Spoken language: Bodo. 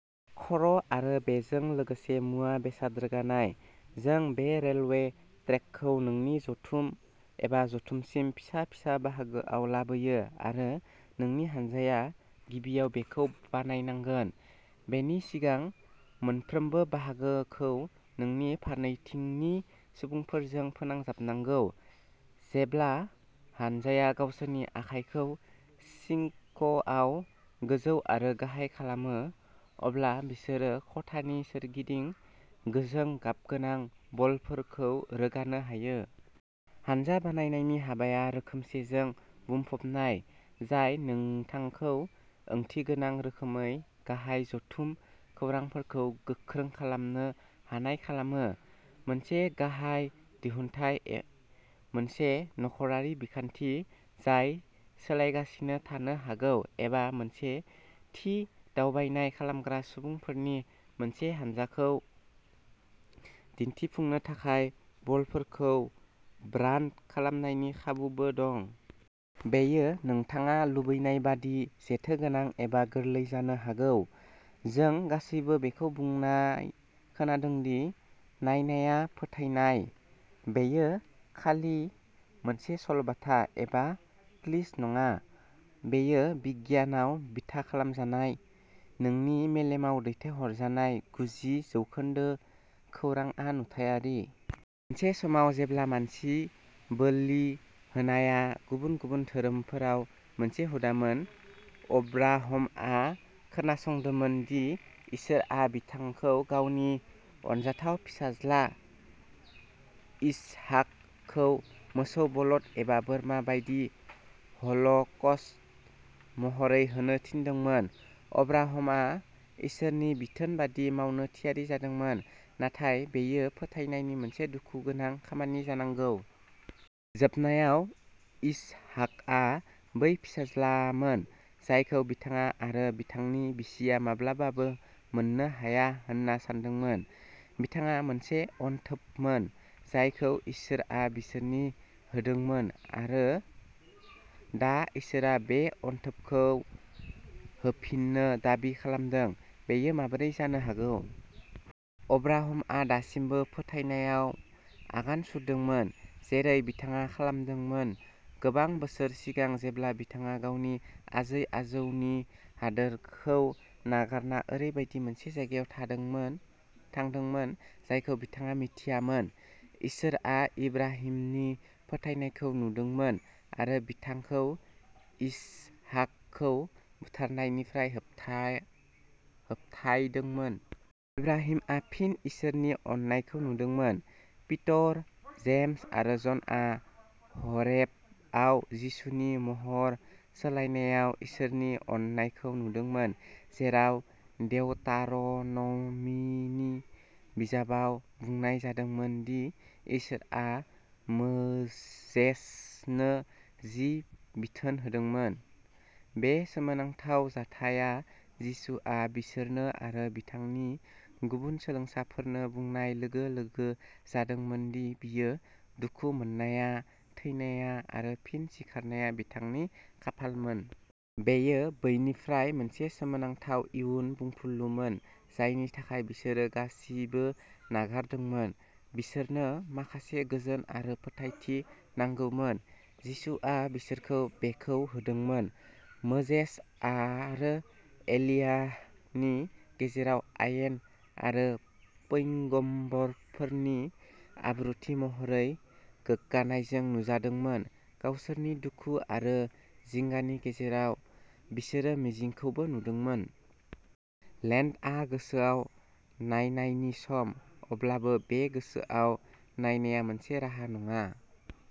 खर' आरो बेजों लोगोसे मुवा-बेसाद रोगानाय। जों बे रेलवे ट्रेकखौ नोंनि जथुम एबा जथुमसिम फिसा-फिसा बाहागोआव लाबोयो आरो नोंनि हानजाया गिबियाव बेखौ बानायनांगोन, बेनि सिगां मोनफ्रोमबो बाहागोखौ नोंनि फारनैथिंनि सुबुंफोरजों फोनांजाबनांगौ। जेब्ला हानजाया गावसोरनि आखाइखौ सिंकआव गोजौ आरो गाहाय खालामो, अब्ला बिसोरो खथानि सोरगिदिं गोजों गाबगोनां बलफोरखौ रोगानो हायो। हानजा बानायनायनि हाबाया रोखोमसेजों बुंफबनाय, जाय नोंथांखौ ओंथिगोनां रोखोमै गाहाय जथुम खौरांफोरखौ गोख्रों खालामनो हानाय खालामो। मोनसे गाहाय दिहुनथाय, मोनसे नखरारि बिखान्थि जाय सोलायगासिनो थानो हागौ एबा मोनसे थि दावबायनाय खालामग्रा सुबुंफोरनि मोनसे हानजाखौ दिनथिफुंनो थाखाय बलफोरखौ ब्रान्ड खालामनायनि खाबुबो दं। बेयो नोंथाङा लुबैनायबादि जेथोगोनां एबा गोरलै जानो हागौ। जों गासैबो बेखौ बुंना खोनादोंदि "नायनाया फोथायनाय।" बेयो खालि मोनसे सल'बाथा एबा क्लिच नङा। बेयो बिगियानाव बिथा खालामजानाय, जोंनि मेलेमाव दैथायहरजानाय गुजि जौखोन्दो खौरांआ नुथायारि। मोनसे समाव जेब्ला मानसि बोलि होनाया गुबुन गुबुन धोरोमफोराव मोनसे हुदामोन, अब्राहमआ खोनासंदोंमोन दि इसोरआ बिथांखौ गावनि अनजाथाव फिसाज्ला, इसहाकखौ मोसौ बलद एबा बोरमा बायदि ह'ल'कस्ट महरै होनो थिनदोंमोन। अब्राहमआ इसोरनि बिथोन बायदि मावनो थियारि जादोंमोन, नाथाय बेयो फोथायनायनि मोनसे दुखुगोनां खामानि जानांगौ। जोबनायाव, इसहाकआ बै फिसाज्लामोन जायखौ बिथाङा आरो बिथांनि बिसिया माब्लाबाबो मोननो हाया होन्ना सानदोंमोन। बिथाङा मोनसे अनथोबमोन जायखौ इसोरआ बिसोरनि होदोंमोन आरो दा इसोरआ बे अनथोबखौ होफिननो दाबि खालामदों। बेयो माबोरै जानो हागौ? अब्राहमआ दासिमबो फोथायनायाव आगान सुरदोंमोन। जेरै बिथाङा खालामदोंमोन गोबां बोसोर सिगां जेब्ला बिथाङा गावनि आजै-आजौनि हादोरखौ नागारना ओरैबायदि मोनसे जायगायाव थादोंमोन थांदोंमोन जायखौ बिथाङा मिथियामोन। इसोरआ इब्राहिमनि फोथायनायखौ नुदोंमोन आरो बिथांखौ इसहाकखौ बुथारनायनिफ्राय होबथायदोंमोन। इब्राहिमआ फिन इसोरनि अननायखौ नुदोंमोन। पीटर, जेम्स आरो जनआ ह'रेबआव जिसुनि महर सोलायनायाव इसोरनि अननायखौ नुदोंमोन, जेराव देउतार'न'मीनि बिजाबाव बुंनाय जादोंमोन दि इसोरआ मोजेसनो जि बिथोन होदोंमोन। बे सोमोनांथाव जाथायआ जिसुआ बिसोरनो आरो बिथांनि गुबुन सोलोंसाफोरनो बुंनाय लोगो-लोगो जादोंमोन दि बियो दुखु मोननाया, थैनाया आरो फिन सिखारनाया बिथांनि खाफालमोन। बेयो बैनिफ्राय मोनसे सोमोनांथाव इयुन बुंफुरलुमोन जायनि थाखाय बिसोरो गासिबो नागारदोंमोन। बिसोरनो माखासे गोजोन आरो फोथायथि नांगौमोन। जिसुआ बिसोरखौ बेखौ होदोंमोन, मोजेस आरो एलियाहनि गेजेराव आयेन आरो पैगम्बरफोरनि आबुंथि महरै गोग्गानायजों नुजादोंमोन। गावसोरनि दुखु आरो जिंगानि गेजेराव, बिसोरो मिजिंखौबो नुदोंमोन। लेन्टआ गोसोयाव नायनायनि सम, अब्लाबो बे गोसोयाव नायनाया मोनसे राहा नङा।